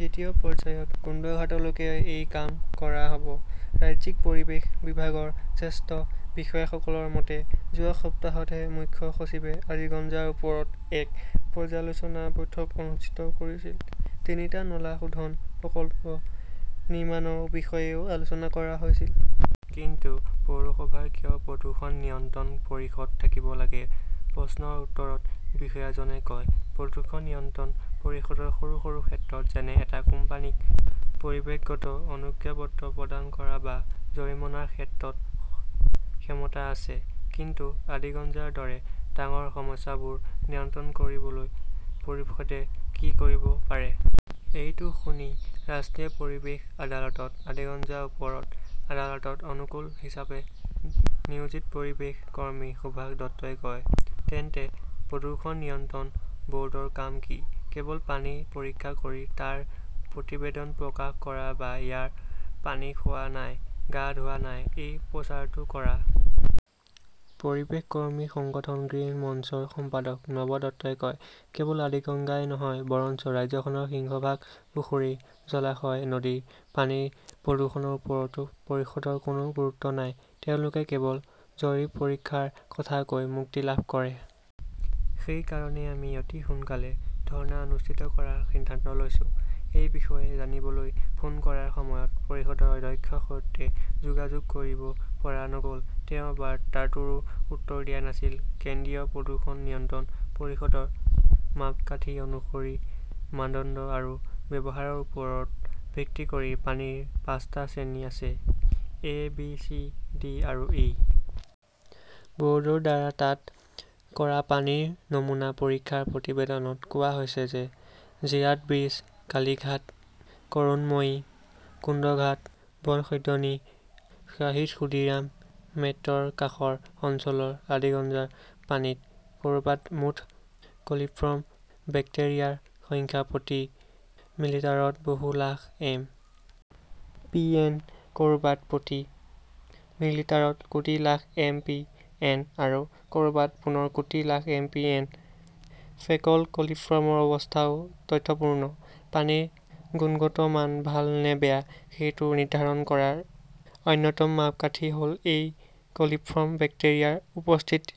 দ্বিতীয় পৰ্যায়ত কুন্দঘাটলৈকে এই কাম কৰা হ'ব। ৰাজ্যিক পৰিৱেশ বিভাগৰ জ্যেষ্ঠ বিষয়াসকলৰ মতে, যোৱা সপ্তাহতহে মুখ্য সচিবে আদিগঙ্গাৰ ওপৰত এক পৰ্যালোচনা বৈঠক অনুষ্ঠিত কৰিছিল। তিনিটা নলা শোধন প্ৰকল্প নিৰ্মাণৰ বিষয়েও আলোচনা কৰা হৈছিল। কিন্তু পৌৰসভাৰ কিয় প্ৰদূষণ নিয়ন্ত্ৰণ পৰিষদ থাকিব লাগে? প্ৰশ্নৰ উত্তৰত বিষয়াজনে কয়, প্ৰদূষণ নিয়ন্ত্ৰণ পৰিষদৰ সৰু সৰু ক্ষেত্ৰত, যেনে এটা কোম্পানীক পৰিৱেশগত অনুজ্ঞাপত্ৰ প্ৰদান কৰা বা জৰিমনাৰ ক্ষেত্ৰত ক্ষমতা আছে। কিন্তু আদিগঙ্গাৰ দৰে ডাঙৰ সমস্যাবোৰ নিয়ন্ত্ৰণ কৰিবলৈ পৰিষদে কি কৰিব পাৰে? এইটো শুনি, ৰাষ্ট্ৰীয় পৰিৱেশ আদালতত আদিগঙ্গা গোচৰত আদালত-অনুকূল হিচাপে নিয়োজিত পৰিৱেশ কৰ্মী সুভাষ দত্তই কয়, তেন্তে প্ৰদূষণ নিয়ন্ত্ৰণ ব'ৰ্ডৰ কাম কি? কেৱল পানী পৰীক্ষা কৰি তাৰ প্ৰতিবেদন প্ৰকাশ কৰা বা ইয়াৰ পানী খোৱা নাই, গা ধোৱা নাই, এই প্ৰচাৰটো কৰা? পৰিৱেশ কৰ্মী সংগঠন গ্ৰীণ মঞ্চৰ সম্পাদক নব দত্তই কয়, কেৱল আদিগংগাই নহয়, বৰঞ্চ ৰাজ্যখনৰ সিংহভাগ পুখুৰী, জলাশয়, নদীৰ পানীৰ প্ৰদূষণৰ ওপৰতো পৰিষদৰ কোনো গুৰুত্ব নাই। তেওঁলোকে কেৱল জৰীপ-পৰীক্ষাৰ কথা কৈ মুক্তি লাভ কৰে। সেই কাৰণেই আমি অতি সোনকালে ধৰ্ণা অনুষ্ঠিত কৰাৰ সিদ্ধান্ত লৈছো। এই বিষয়ে জানিবলৈ ফোন কৰাৰ সময়ত পৰিষদৰ অধ্যক্ষৰ সৈতে যোগাযোগ কৰিব পৰা নগ'ল। তেওঁ বাৰ্তাটোৰো উত্তৰ দিয়া নাছিল। কেন্দ্ৰীয় প্ৰদূষণ নিয়ন্ত্ৰণ পৰিষদৰ মাপকাঠি অনুসৰি, মানদণ্ড আৰু ব্যৱহাৰৰ ওপৰত ভিত্তি কৰি পানীৰ পাঁচটা শ্ৰেণী আছে-এ, বি, চি, ডি আৰু ই। ব'ৰ্ডৰ দ্বাৰা তাত কৰা পানীৰ নমুনা পৰীক্ষাৰ প্ৰতিবেদনত কোৱা হৈছে যে জিৰাট ব্ৰীজ, কালীঘাট, কৰুণময়ী, কুন্দঘাট, বনশীতনী, শ্বাহিদ খুদিৰাম মেট্ৰৰ কাষৰ অঞ্চলৰ আদিগঙ্গাৰ পানীত ক'ৰবাত মুঠ কলিফৰ্ম বেক্টেৰিয়াৰ সংখ্যা প্ৰতি মিলিটাৰত বহু লাখ এম. পি. এন., ক'ৰবাত প্ৰতি মিলিটাৰত কোটি লাখ এম. পি. এন., আৰু ক'ৰবাত পুনৰ কোটি lakh M. P. N.. Faecal কলিফৰ্মৰ অৱস্থাও তথ্যপূৰ্ণ। পানীৰ গুণগত মান ভাল নে বেয়া সেইটো নিৰ্ধাৰণ কৰাৰ অন্যতম মাপকাঠি হ'ল এই কলিফৰ্ম বেক্টেৰিয়াৰ উপস্থিতি।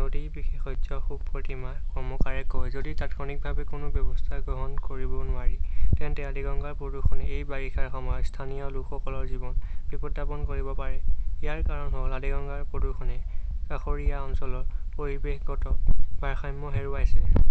নদী বিশেষজ্ঞ সুপ্ৰতীমা কৰ্মকাৰে কয়, যদি তাৎক্ষণিকভাৱে কোনো ব্যৱস্থা গ্ৰহণ কৰিব নোৱাৰি, তেন্তে আদিগঙ্গাৰ প্ৰদূষণে এই বাৰিষাৰ সময়ত স্থানীয় লোকসকলৰ জীৱন বিপদাপন্ন কৰিব পাৰে। ইয়াৰ কাৰণ হ'ল, আদিগঙ্গাৰ প্ৰদূষণে কাষৰীয়া অঞ্চলৰ পৰিৱেশগত ভাৰসাম্য হেৰুৱাইছে।